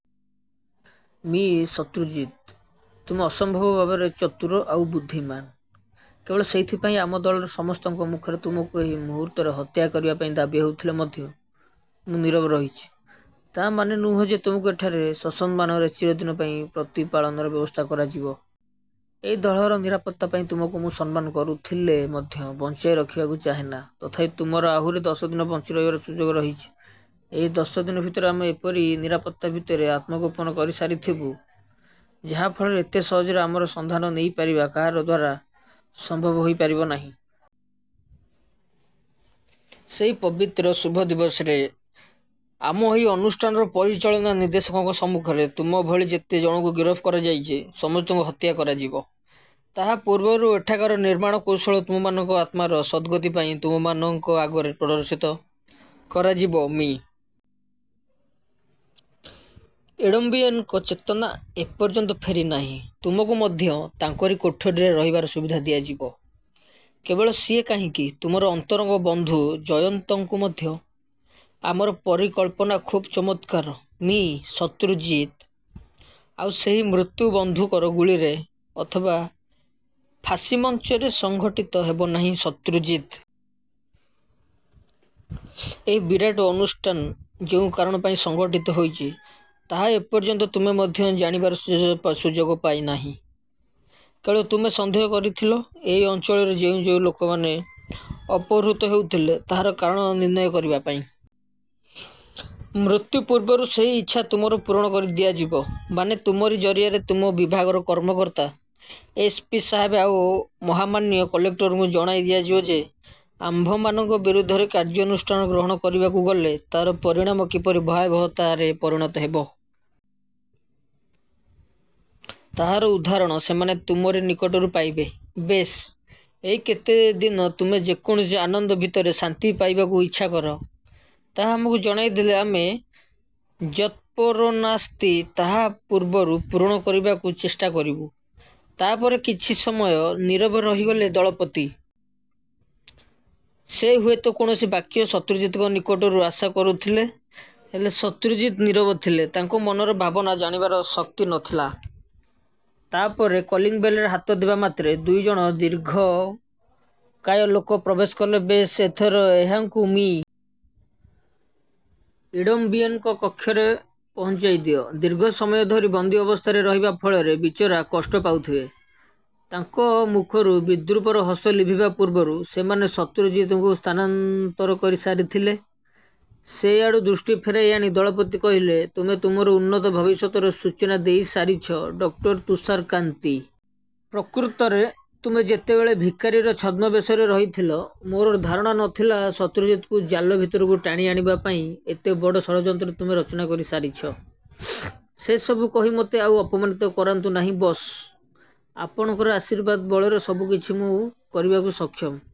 ମି. ଶତ୍ରୁଜିତ! ତୁମେ ଅସମ୍ଭବ ଭାବରେ ଚତୁର ଆଉ ବୁଦ୍ଧିମାନ। କେବଳ ସେଇଥିପାଇଁ ଆମ ଦଳର ସମସ୍ତଙ୍କ ମୁଖରୁ ତୁମକୁ ଏହି ମୁହୂର୍ତ୍ତରେ ହତ୍ୟା କରିବା ପାଇଁ ଦାବି ହେଉଥିଲେ ମଧ୍ୟ ମୁଁ ନୀରବ ରହିଛି। ତା ମାନେ ନୁହେଁ ଯେ ତୁମକୁ ଏଠାରେ ସସମ୍ମାନରେ ଚିରଦିନ ପାଇଁ ପ୍ରତିପାଳନର ବ୍ୟବସ୍ଥା କରାଯିବ। ଏହି ଦଳର ନିରାପତ୍ତା ପାଇଁ ତୁମକୁ ମୁଁ ସମ୍ମାନ କରୁଥିଲେ ମଧ୍ୟ ବଞ୍ଚାଇ ରଖିବାକୁ ଚାହେଁ ନା। ତଥାପି ତୁମର ଆହୁରି ଦଶ ଦିନ ବଞ୍ଚି ରହିବାର ସୁଯୋଗ ରହିଛି। ଏହି ଦଶ ଦିନ ଭିତରେ ଆମେ ଏପରି ନିରାପତ୍ତା ଭିତରେ ଆତ୍ମଗୋପନ କରି ସାରିଥିବୁ, ଯାହା ଫଳରେ ଏତେ ସହଜରେ ଆମର ସନ୍ଧାନ ନେଇ ପାରିବା କାହାର ଦ୍ୱାରା ସମ୍ଭବ ହୋଇ ପାରିବ ନାହିଁ। ସେହି ପବିତ୍ର ଶୁଭ ଦିବସରେ ଆମ ଏହି ଅନୁଷ୍ଠାନର ପରିଚାଳନା ନିର୍ଦ୍ଦେଶକଙ୍କ ସମ୍ମୁଖରେ ତୁମ ଭଳି ଯେତେ ଜଣଙ୍କୁ ଗିରଫ କରାଯାଇଛି, ସମସ୍ତଙ୍କୁ ହତ୍ୟା କରାଯିବ। ତାହା ପୂର୍ବରୁ ଏଠାକାର ନିର୍ମାଣ କୌଶଳ ତୁମମାନଙ୍କ ଆତ୍ମାର ସଦ୍‌ଗତି ପାଇଁ ତୁମମାନଙ୍କ ଆଗରେ ପ୍ରଦର୍ଶିତ କରାଯିବ। ମି. ଇଡମ୍ବିଏନ୍‌ଙ୍କ ଚେତନା ଏ ପର୍ଯ୍ୟନ୍ତ ଫେରି ନାହିଁ। ତୁମକୁ ମଧ୍ୟ ତାଙ୍କରି କୋଠରିରେ ରହିବାର ସୁବିଧା ଦିଆଯିବ। କେବଳ ସିଏ କାହିଁକି, ତୁମର ଅନ୍ତରଙ୍ଗ ବନ୍ଧୁ ଜୟନ୍ତଙ୍କୁ ମଧ୍ୟ। ଆମର ପରିକଳ୍ପନା ଖୁବ୍ ଚମତ୍କାର ମି. ଶତ୍ରୁଜିତ। ଆଉ ସେହି ମୃତ୍ୟୁ ବନ୍ଧୁକର ଗୁଳିରେ ଅଥବା ଫାଶୀମଞ୍ଚରେ ସଂଘଟିତ ହେବ ନାହିଁ ଶତ୍ରୁଜିତ। ଏହି ବିରାଟ ଅନୁଷ୍ଠାନ ଯେଉଁ କାରଣ ପାଇଁ ସଂଗଠିତ ହୋଇଛି, ତାହା ଏ ପର୍ଯ୍ୟନ୍ତ ତୁମେ ମଧ୍ୟ ଜାଣିବାର ଶୁଜ ସୁଯୋଗ ପାଇ ନାହିଁ। କେବଳ ତୁମେ ସନ୍ଦେହ କରିଥିଲ, ଏହି ଅଞ୍ଚଳରେ ଯେଉଁ ଯେଉଁ ଲୋକମାନେ ଅପହୃତ ହେଉଥିଲେ, ତାହାର କାରଣ ନିର୍ଣ୍ଣୟ କରିବା ପାଇଁ। ମୃତ୍ୟୁ ପୂର୍ବରୁ ସେହି ଇଚ୍ଛା ତୁମର ପୂରଣ କରି ଦିଆଯିବ। ମାନେ, ତୁମରି ଜରିଆରେ ତୁମ ବିଭାଗର କର୍ମକର୍ତ୍ତା ଏସ୍. ପି. ସାହେବ ଆଉ ମହାମାନ୍ୟ କଲେକ୍ଟରଙ୍କୁ ଜଣାଇ ଦିଆଯିବ ଯେ, ଆମ୍ଭମାନଙ୍କ ବିରୁଦ୍ଧରେ କାର୍ଯ୍ୟାନୁଷ୍ଠାନ ଗ୍ରହଣ କରିବାକୁ ଗଲେ ତାର ପରିଣାମ କିପରି ଭୟାବହତାରେ ପରିଣତ ହେବ। ତାହାର ଉଦାହରଣ ସେମାନେ ତୁମରି ନିକଟରୁ ପାଇବେ। ବେଶ୍, ଏହି କେତେ ଦିନ ତୁମେ ଯେ କୌଣସି ଆନନ୍ଦ ଭିତରେ ଶାନ୍ତି ପାଇବାକୁ ଇଚ୍ଛାକର, ତାହା ଆମକୁ ଜଣାଇଦେଲେ ଆମେ ଯତ୍ପରୋନାସ୍ତି ତାହା ପୂର୍ବରୁ ପୂରଣ କରିବାକୁ ଚେଷ୍ଟା କରିବୁ। ତା ପରେ କିଛି ସମୟ ନୀରବ ରହିଗଲେ ଦଳପତି। ସେ ହୁଏ ତ କୌଣସି ବାକ୍ୟ ଶତ୍ରୁଜିତଙ୍କ ନିକଟରୁ ଆଶା କରୁଥିଲେ। ହେଲେ, ଶତ୍ରୁଜିତ ନୀରବ ଥିଲେ। ତାଙ୍କ ମନର ଭାବନା ଜାଣିବାର ଶକ୍ତି ନ ଥିଲା। ତା ପରେ କଲିଂବେଲରେ ହାତ ଦେବା ମାତ୍ରେ ଦୁଇ ଜଣ ଦୀର୍ଘକାୟ ଲୋକ ପ୍ରବେଶ କଲେ। ବେଶ୍, ଏଥର ଏହାଙ୍କୁ ମି. ଇଡମ୍ବିଏନ୍‌ଙ୍କ କକ୍ଷରେ ପହଞ୍ଚାଇ ଦିଅ। ଦୀର୍ଘ ସମୟ ଧରି ବନ୍ଦୀ ଅବସ୍ଥାରେ ରହିବା ଫଳରେ ବିଚରା କଷ୍ଟ ପାଉଥିବେ। ତାଙ୍କ ମୁଖରୁ ବିଦ୍ରୂପର ହସ ଲିଭିବା ପୂର୍ବରୁ ସେମାନେ ଶତ୍ରୁଜିତଙ୍କୁ ସ୍ଥାନାନ୍ତର କରି ସାରିଥିଲେ। ସେ ଆଡ଼ୁ ଦୃଷ୍ଟି ଫେରାଇ ଆଣି ଦଳପତି କହିଲେ, ତୁମେ। ତୁମର ଉନ୍ନତ ଭବିଷ୍ୟତର ସୂଚନା ଦେଇ ସାରିଛ, ଡକ୍ଟର ତୁଷାରକାନ୍ତି। ପ୍ରକୃତରେ ତୁମେ ଯେତେବେଳେ ଭିକାରୀର ଛଦ୍ମବେଶରେ ରହିଥିଲ, ମୋର ଧାରଣା ନ ଥିଲା ଶତ୍ରୁଜିତକୁ ଜାଲ ଭିତରକୁ ଟାଣି ଆଣିବା ପାଇଁ ଏତେ ବଡ଼ ଷଡ଼ଯନ୍ତ୍ର ତୁମେ ରଚନା କରି ସାରିଛ। ସେ ସବୁ କହି ମୋତେ ଆଉ ଅପମାନିତ କରାନ୍ତୁ ନାହିଁ, ବସ୍। ଆପଣଙ୍କର ଆଶୀର୍ବାଦ ବଳରେ ସବୁ କିଛି ମୁଁ କରିବାକୁ ସକ୍ଷମ।